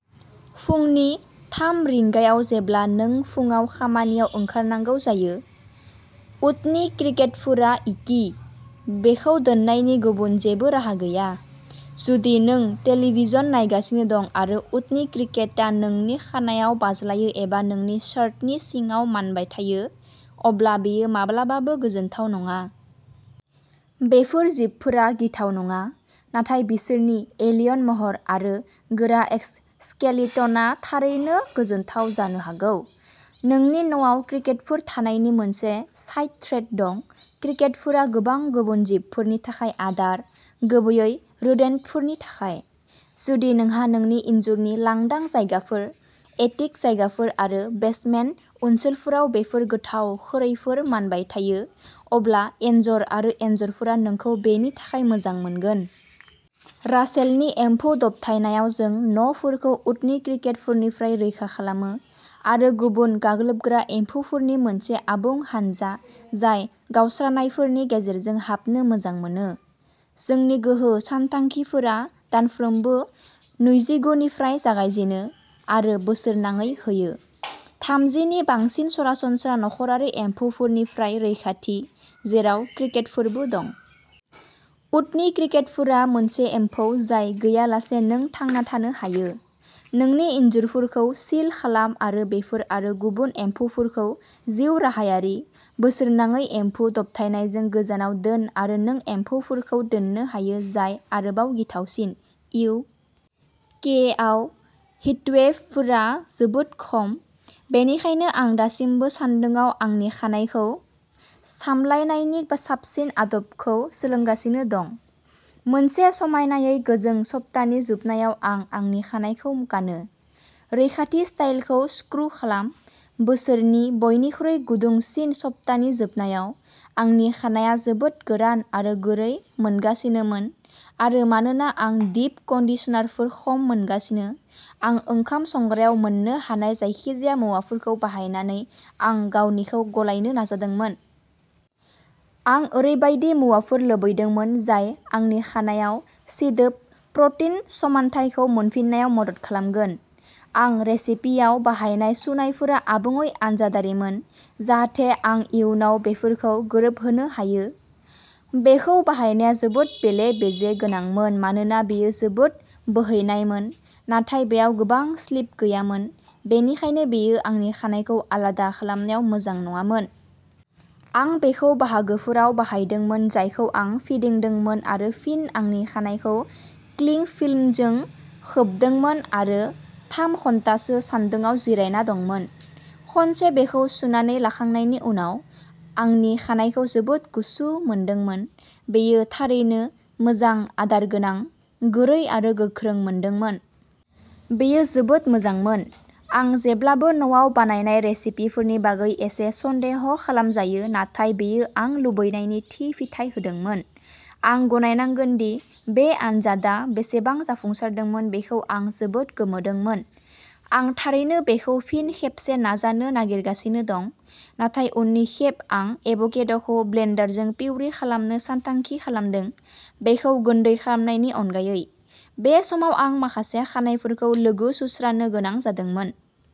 फुंनि थाम रिंगायाव जेब्ला नों फुङाव खामानियाव ओंखारनांगौ जायो। उटनि क्रिकेटफोरा इकि बेखौ दोननायनि गुबुन जेबो राहा गैया। जुदि नों टेलिभिजन नायगासिनो दं आरो उटनि क्रिकेटआ नोंनि खानाइआव बाज्लायो एबा नोंनि शार्टनि सिङाव मानबाय थायो अब्ला बेयो माब्लाबाबो गोजोनथाव नङा। बेफोर जिबफोरा गिथाव नङा नाथाय बिसोरनि एलियन महर आरो गोरा एक्सस्केलिटनआ थारैनो गोजोनथाव जानो हागौ। नोंनि न'आव क्रिकेटफोर थानायनि मोनसे साइड थ्रेट दं क्रिकेटफोरा गोबां गुबुन जिबफोरनि थाखाय आदार गुबैयै रोदेन्टफोरनि थाखाय। जुदि नोंहा नोंनि इनजुरनि लांदां जायगाफोर एटिक जायगाफोर आरो बेसमेन्ट ओनसोलफोराव बेफोर गोथाव खुरैफोर मानबाय थायो अब्ला एनजर आरो एनजरफोरा नोंखौ बेनि थाखाय मोजां मोनगोन। रासेलनि एम्फौ दबथायनायाव जों न'फोरखौ उटनि क्रिकेटफोरनिफ्राय रैखा खालामो आरो गुबुन गाग्लोबग्रा एम्फौफोरनि मोनसे आबुं हानजा जाय गावस्रानायफोरनि गेजेरजों हाबनो मोजां मोनो। जोंनि गोहो सानथांखिफोरा दानफ्रोमबो नैजिगु निफ्राय जागायजेनो आरो बोसोरनाङै होयो। थामजि नि बांसिन सरासनस्रा नखरारि एम्फौफोरनिफ्राय रैखाथि जेराव क्रिकेटफोरबो दं। उटनि क्रिकेटफोरा मोनसे एम्फौ जाय गैयालासे नों थांना थानो हायो। नोंनि इनजुरफोरखौ सिल खालाम आरो बेफोर आरो गुबुन एम्फौफोरखौ जिउराहायारि बोसोरनाङै एम्फौ दबथायनायजों गोजानाव दोन आरो नों एम्फौफोरखौ दोननो हायो जाय आरोबाव गिथावसिन इउ के. आव हिटवेभफोरा जोबोद खम बेनिखायनो आं दासिमबो सान्दुङाव आंनि खानाइखौ सामलायनायनि साबसिन आदबखौ सोलोंगासिनो दं। मोनसे समायनायै गोजों सप्तानि जोबनायाव आं आंनि खानाइखौ गानो। रैखाथि स्टाइलखौ स्क्रू खालाम बोसोरनि बयनिख्रुइ गुदुंसिन सप्तानि जोबनायाव आंनि खानाइया जोबोद गोरान आरो गुरै मोनगासिनोमोन आरो मानोना आं डीप कन्डिशनारफोर खम मोनगासिनो आं ओंखाम संग्रायाव मोन्नो हानाय जायखिजाया मुवाफोरखौ बाहायनानै आंनि गावनिखौ गलायनो नाजादोंमोन। आं ओरैबायदि मुवाफोर लुबैदोंमोन जाय आंनि खानाइआव सिदोब प्रटिन समानथायखौ मोनफिननायाव मदद खालामगोन। आं रेसिपिआव बाहायनाय सुनायफोरा आबुङै आनजादारिमोन जाहाथे आं इयुनाव बेफोरखौ गोरोबहोनो हायो। बेखौ बाहायनाया जोबोद बेले-बेजे गोनांमोन मानोना बेयो जोबोद बोहैनायमोन नाथाय बेयाव गोबां स्लिप गैयामोन बेनिखायनो बेयो आंनि खानाइखौ आलादा खालामनायाव मोजां नङामोन। आं बेखौ बाहागोफोराव बाहायदोंमोन जायखौ आं फिदिंदोंमोन आरो फिन आंनि खानाइखौ क्लिंफिल्मजों खोबदोंमोन आरो थाम घन्टासो सान्दुङाव जिरायना दंमोन। खनसे बेखौ सुनानै लाखांनायनि उनाव आंनि खानाइखौ जोबोद गुसु मोनदोंमोन बेयो थारैनो मोजां आदारगोनां गुरै आरो गोख्रों मोनदोंमोन। बेयो जोबोद मोजांमोन। आं जेब्लाबो न'आव बानायनाय रेसिपिफोरनि बागै एसे सन्देह'खालामजायो नाथाय बेयो आं लुबैनायनि थि फिथाय होदोंमोन। आं गनायनांगोन दि बे आनजादआ बेसेबां जाफुंसारदोंमोन बेखौ आं जोबोद गोमोदोंमोन। आं थारैनो बेखौ फिन खेबसे नाजानो नागिरगासिनो दं नाथाय उननि खेब आं एभ'केड'खौ ब्लेन्डारजों पिउरि खालामनो सानथांखि खालामदों बेखौ गोन्दै खालामनायनि अनगायै। बे समाव आं माखासे खानाइफोरखौ लोगो-सुस्रानो गोनां जादोंमोन।